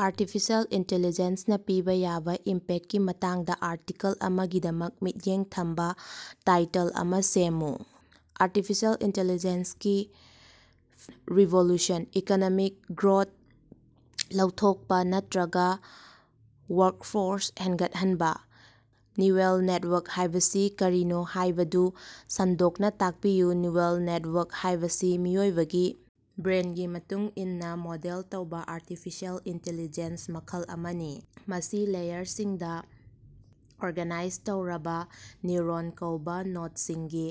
Artificial ꯏꯟꯇ‌ꯦꯂꯤꯖ‌ꯦꯟꯁꯅ ꯄꯤꯕ ꯌꯥꯕ ꯏꯝꯄꯦꯛꯀꯤ ꯃꯇꯥꯡꯗ ꯑꯥꯔꯇꯤꯀꯜ ꯑꯃꯒꯤꯗꯃꯛ ꯃꯤꯠꯌꯦꯡ ꯊꯝꯕꯥ ꯇꯥꯏꯇꯜ ꯑꯃ ꯁꯦꯝꯃꯨ꯫ ꯑꯥꯔꯇꯤꯐꯤꯁꯤꯑꯦꯜ ꯏꯟꯇ‌ꯦꯂꯤꯖ‌ꯦꯟꯁꯒꯤ ꯔꯤꯚꯣꯂꯨꯁꯟ: ꯏꯀꯣꯅꯣꯃꯤꯛ ꯒ꯭ꯔꯣꯠ ꯂꯧꯊꯣꯛꯄ ꯅꯠꯇꯔꯒ ꯋꯥꯔꯛꯐꯣꯔꯁ ꯍꯦꯟꯒꯠꯍꯟꯕ꯫ ꯅ꯭ꯌꯨꯔꯜ ꯅꯦꯇꯋꯥꯔꯛ ꯍꯥꯏꯕꯁꯤ ꯀꯔꯤꯅꯣ ꯍꯥꯏꯕꯗꯨ ꯁꯟꯗꯣꯛꯅ ꯇꯥꯛꯄꯤꯌꯨ꯫ ꯅ꯭ꯌꯨꯔꯜ ꯅꯦꯇꯋꯥꯔꯛ ꯍꯥꯏꯕꯁꯤ ꯃꯤꯑꯣꯏꯕꯒꯤ ꯕ꯭ꯔꯦꯟꯒꯤ ꯃꯇꯨꯡ ꯏꯟꯅ ꯃꯣꯗꯦꯜ ꯇꯧꯕ ꯑꯥꯔꯇꯤꯐꯤꯁꯤꯑꯦꯜ ꯏꯟꯇꯦꯂꯤꯖꯦꯟꯁ ꯃꯈꯜ ꯑꯃꯅꯤ꯫ ꯃꯁꯤ ꯂꯦꯌꯔꯁꯤꯡꯗ ꯑꯣꯔꯒꯥꯅꯥꯏꯖ ꯇꯧꯔꯕ ꯅ꯭ꯌꯨꯔꯣꯟ ꯀꯧꯕ ꯅꯣꯗꯁꯤꯡꯒꯤ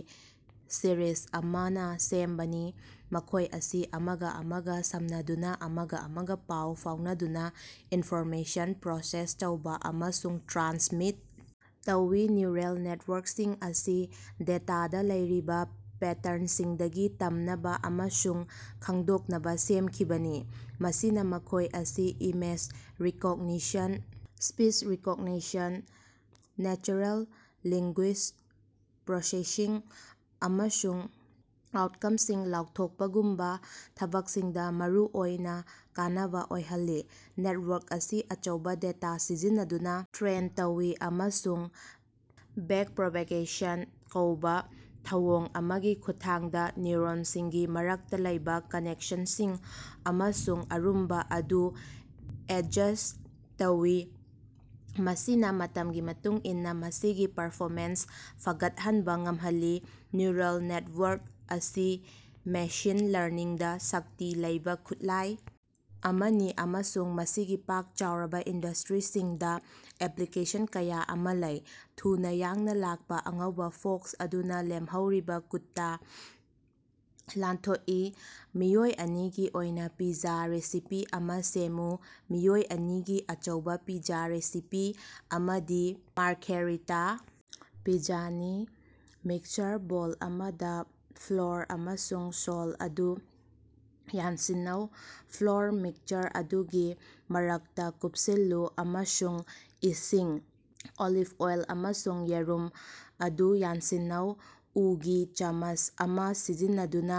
ꯁꯤꯔꯤꯖ ꯑꯃꯅ ꯁꯦꯝꯕꯅꯤ, ꯃꯈꯣꯏ ꯑꯁꯤ ꯑꯃꯒ ꯑꯃꯒ ꯁꯝꯅꯗꯨꯅ ꯑꯃꯒ ꯑꯃꯒ ꯄꯥꯎ ꯐꯥꯎꯅꯗꯨꯅ ꯏꯟꯐꯣꯔꯃꯦꯁꯟ ꯄ꯭ꯔꯣꯁꯦꯁ ꯇꯧꯕ ꯑꯃꯁꯨꯡ ꯇ꯭ꯔꯥꯟꯁꯃꯤꯠ ꯇꯧꯏ꯫ ꯅ꯭ꯌꯨꯔꯜ ꯅꯦꯇꯋꯥꯔꯛꯁꯤꯡ ꯑꯁꯤ ꯗꯦꯇꯥꯗ ꯂꯩꯔꯤꯕ ꯄꯦꯇꯔꯟꯁꯤꯡꯗꯒꯤ ꯇꯝꯅꯕ ꯑꯃꯁꯨꯡ ꯈꯪꯗꯣꯛꯅꯕ ꯁꯦꯝꯈꯤꯕꯅꯤ, ꯃꯁꯤꯅ ꯃꯈꯣꯏ ꯑꯁꯤ image recognition, speech recognition, natural language processing, ꯑꯃꯁꯨꯡ ꯑꯥꯎꯠꯀꯝꯁꯤꯡ ꯂꯥꯎꯊꯣꯛꯄꯒꯨꯝꯕ ꯊꯕꯛꯁꯤꯡꯗ ꯃꯔꯨꯑꯣꯏꯅ ꯀꯥꯟꯅꯕ ꯑꯣꯏꯍꯜꯂꯤ꯫ ꯅꯦꯇꯋꯥꯔꯛ ꯑꯁꯤ ꯑꯆꯧꯕ ꯗꯦꯇꯥ ꯁꯤꯖꯤꯟꯅꯗꯨꯅ ꯇ꯭ꯔꯦꯟ ꯇꯧꯏ ꯑꯃꯁꯨꯡ ꯕꯦꯛꯄꯔꯣꯄꯥꯒꯦꯁꯟ ꯀꯧꯕ ꯊꯧꯑꯣꯡ ꯑꯃꯒꯤ ꯈꯨꯠꯊꯥꯡꯗ ꯅ꯭ꯌꯨꯔꯣꯟꯁꯤꯡꯒꯤ ꯃꯔꯛꯇ ꯂꯩꯕꯥ ꯀꯅꯦꯛꯁꯟꯁꯤꯡ ꯑꯃꯁꯨꯡ ꯑꯔꯨꯝꯕ ꯑꯗꯨ ꯑꯦꯗꯖꯁ꯭ꯠ ꯇꯧꯏ, ꯃꯁꯤꯅ ꯃꯇꯝꯒꯤ ꯃꯇꯨꯡ ꯏꯟꯅ ꯃꯁꯤꯒꯤ ꯄꯔꯐꯣꯃꯦꯟꯁ ꯐꯒꯠꯍꯟꯕ ꯉꯝꯍꯜꯂꯤ꯫ ꯅ꯭ꯌꯨꯔꯜ ꯅꯦꯇꯋꯥꯔꯛ ꯑꯁꯤ ꯃꯦꯁꯤꯟ ꯂꯔꯅꯤꯡꯗ ꯁꯛꯇꯤ ꯂꯩꯕ ꯈꯨꯠꯂꯥꯏ ꯑꯃꯅꯤ ꯑꯃꯁꯨꯡ ꯃꯁꯤꯒꯤ ꯄꯥꯛ ꯆꯥꯎꯔꯕ ꯏꯟꯗꯁꯇ꯭ꯔꯤꯁꯤꯡꯗ ꯑꯦꯄ꯭ꯂꯤꯀꯦꯁꯟ ꯀꯌꯥ ꯑꯃ ꯂꯩ꯫ ꯊꯨꯅ ꯌꯥꯡꯅ ꯂꯥꯛꯄ ꯑꯉꯧꯕ ꯐꯣꯛꯁ ꯑꯗꯨꯅ ꯂꯦꯝꯍꯧꯔꯤꯕ ꯀꯨꯠꯇ ꯂꯥꯟꯊꯣꯛꯏ꯫ ꯃꯤꯑꯣꯏ ꯑꯅꯤꯒꯤ ꯑꯣꯏꯅ ꯄꯤꯖꯥ ꯔꯦꯁꯤꯄꯤ ꯑꯃꯥ ꯁꯦꯝꯃꯨ꯫ ꯃꯤꯑꯣꯏ ꯑꯅꯤꯒꯤ ꯑꯆꯧꯕ ꯄꯤꯖꯥ ꯔꯦꯁꯤꯄꯤ ꯑꯃꯗꯤ ꯃꯥꯔꯘꯦꯔꯤꯇꯥ ꯄꯤꯖꯥꯅꯤ꯫ ꯃꯤꯛꯁꯆꯔ ꯕꯣꯜ ꯑꯃꯗ, ꯐ꯭ꯂꯣꯔ ꯑꯃꯁꯨꯡ ꯁꯣꯜ ꯑꯗꯨ ꯌꯥꯟꯁꯤꯟꯅꯧ꯫ ꯐ꯭ꯂꯣꯔ ꯃꯤꯛꯁꯆꯔ ꯑꯗꯨꯒꯤ ꯃꯔꯛꯇ ꯀꯨꯞꯁꯤꯜꯂꯨ ꯑꯃꯁꯨꯡ ꯏꯁꯤꯡ, ꯑꯣꯂꯤꯚ ꯑꯣꯏꯜ ꯑꯃꯁꯨꯡ ꯌꯦꯔꯨꯝ ꯑꯗꯨ ꯌꯥꯟꯁꯤꯟꯅꯧ꯫ ꯎꯒꯤ ꯆꯃꯁ ꯑꯃꯥ ꯁꯤꯖꯤꯟꯅꯗꯨꯅ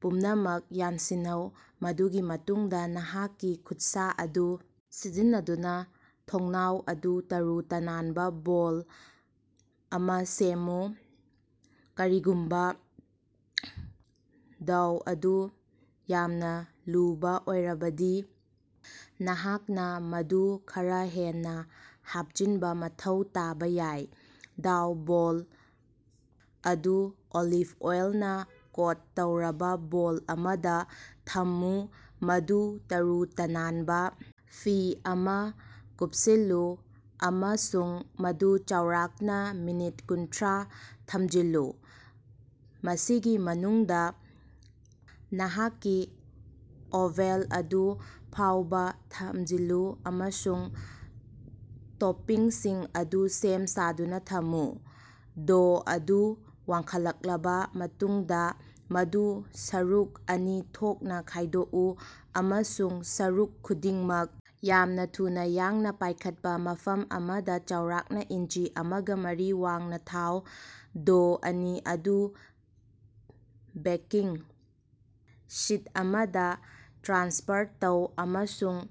ꯄꯨꯝꯅꯃꯛ ꯌꯥꯟꯁꯤꯟꯅꯧ, ꯃꯗꯨꯒꯤ ꯃꯇꯨꯡꯗ ꯅꯍꯥꯛꯀꯤ ꯈꯨꯠꯁꯥ ꯑꯗꯨ ꯁꯤꯖꯤꯟꯅꯗꯨꯅ ꯊꯣꯡꯅꯥꯎ ꯑꯗꯨ ꯇꯔꯨ-ꯇꯅꯥꯟꯕ ꯕꯣꯜ ꯑꯃꯥ ꯁꯦꯝꯃꯨ꯫ ꯀꯔꯤꯒꯨꯝꯕ ꯗꯣꯎ ꯑꯗꯨ ꯌꯥꯝꯅ ꯂꯨꯕꯥ ꯑꯣꯏꯔꯕꯗꯤ ꯅꯍꯥꯛꯅꯥ ꯃꯗꯨ ꯈꯔꯥ ꯍꯦꯟꯅꯥ ꯍꯥꯞꯆꯤꯟꯕꯥ ꯃꯊꯧ ꯇꯥꯕ ꯌꯥꯏ꯫ ꯗꯣꯎ ꯕꯣꯜ ꯑꯗꯨ ꯑꯣꯂꯤꯚ ꯑꯣꯏꯜꯅ ꯀꯣꯠ ꯇꯧꯔꯕ ꯕꯣꯜ ꯑꯃꯗ ꯊꯝꯃꯨ, ꯃꯗꯨ ꯇꯔꯨ-ꯇꯅꯥꯟꯕꯥ ꯐꯤ ꯑꯃꯅ ꯀꯨꯞꯁꯤꯜꯂꯨ, ꯑꯃꯁꯨꯡ ꯃꯗꯨ ꯆꯥꯎꯔꯥꯛꯅ ꯃꯤꯅꯤꯠ ꯀꯨꯟꯊ꯭ꯔꯥ ꯊꯝꯖꯤꯜꯂꯨ꯫ ꯃꯁꯤꯒꯤ ꯃꯅꯨꯡꯗ, ꯅꯍꯥꯛꯀꯤ ꯑꯣꯚ‌ꯦꯜ ꯑꯗꯨ ꯐꯥꯎꯕ ꯊꯝꯖꯤꯜꯂꯨ ꯑꯃꯁꯨꯡ ꯇꯣꯄꯤꯡꯁꯤꯡ ꯑꯗꯨ ꯁꯦꯝ-ꯁꯥꯗꯨꯅ ꯊꯝꯃꯨ꯫ ꯗꯣ ꯑꯗꯨ ꯋꯥꯡꯈꯠꯂꯛꯂꯕ ꯃꯇꯨꯡꯗ, ꯃꯗꯨ ꯁꯔꯨꯛ ꯑꯅꯤ ꯊꯣꯛꯅ ꯈꯥꯏꯗꯣꯛꯎ ꯑꯃꯁꯨꯡ ꯁꯔꯨꯛ ꯈꯨꯗꯤꯡꯃꯛ ꯌꯥꯝꯅ ꯊꯨꯅ ꯌꯥꯡꯅ ꯄꯥꯏꯈꯠꯄ ꯃꯐꯝ ꯑꯃꯗ ꯆꯥꯎꯔꯥꯛꯅ ꯏꯟꯆꯤ ꯑꯃꯒ ꯃꯔꯤ ꯋꯥꯡꯅꯥ ꯊꯥꯎ꯫ ꯗꯣ ꯑꯅꯤ ꯑꯗꯨ ꯕꯦꯀꯤꯡ ꯁꯤꯠ ꯑꯃꯗꯥ ꯇ꯭ꯔꯥꯟꯁꯐꯔ ꯇꯧ ꯑꯃꯁꯨꯡ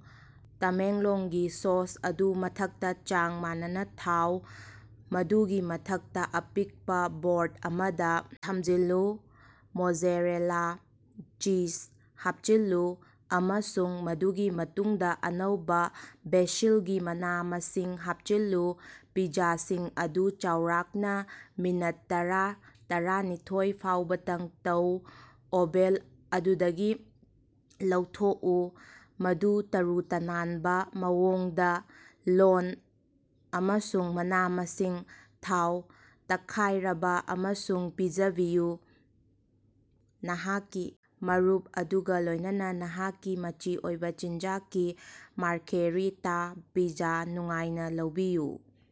ꯇꯃꯦꯡꯂꯣꯡꯒꯤ ꯁ‌ꯣꯁ ꯑꯗꯨ ꯃꯊꯛꯇ ꯆꯥꯡ ꯃꯥꯟꯅꯅꯥ ꯊꯥꯎ, ꯃꯗꯨꯒꯤ ꯃꯊꯛꯇ ꯑꯄꯤꯛꯄ ꯕꯣꯔ꯭ꯠ ꯑꯃꯗ ꯊꯝꯖꯤꯜꯂꯨ꯫ ꯃꯣꯖꯦꯔꯦꯂꯥ ꯆꯤꯖ ꯍꯥꯞꯆꯤꯜꯂꯨ, ꯑꯃꯁꯨꯡ ꯃꯗꯨꯒꯤ ꯃꯇꯨꯡꯗ ꯑꯅꯧꯕ ꯕꯦꯁꯤꯜꯒꯤ ꯃꯅꯥ-ꯃꯁꯤꯡ ꯍꯥꯞꯆꯤꯜꯂꯨ꯫ ꯄꯤꯖꯥꯁꯤꯡ ꯑꯗꯨ ꯆꯥꯎꯔꯥꯛꯅ ꯃꯤꯅꯠ ꯇꯔꯥ ꯇꯔꯥꯅꯤꯊ‌ꯣꯏ ꯐꯥꯎꯕꯗꯪ ꯇꯧ꯫ ꯑꯣꯕ‌ꯦꯜ ꯑꯗꯨꯗꯒꯤ ꯂꯧꯊꯣꯛꯎ, ꯃꯗꯨ ꯇꯔꯨ-ꯇꯅꯥꯟꯕ ꯃꯑꯣꯡꯗ ꯂꯣꯟ ꯑꯃꯁꯨꯡ ꯃꯅꯥ-ꯃꯁꯤꯡ ꯊꯥꯎ, ꯇꯛꯈꯥꯏꯔꯕ ꯑꯃꯁꯨꯡ ꯄꯤꯖꯕꯤꯌꯨ꯫ ꯅꯍꯥꯛꯀꯤ ꯃꯔꯨꯞ ꯑꯗꯨꯒ ꯂꯣꯏꯅꯅ ꯅꯍꯥꯛꯀꯤ ꯃꯆꯤ ꯑꯣꯏꯕ ꯆꯤꯟꯖꯥꯛꯀꯤ ꯃꯥꯔꯘꯦꯔꯤꯇꯥ ꯄꯤꯖꯥ ꯅꯨꯡꯉꯥꯏꯅ ꯂꯧꯕꯤꯌꯨ꯫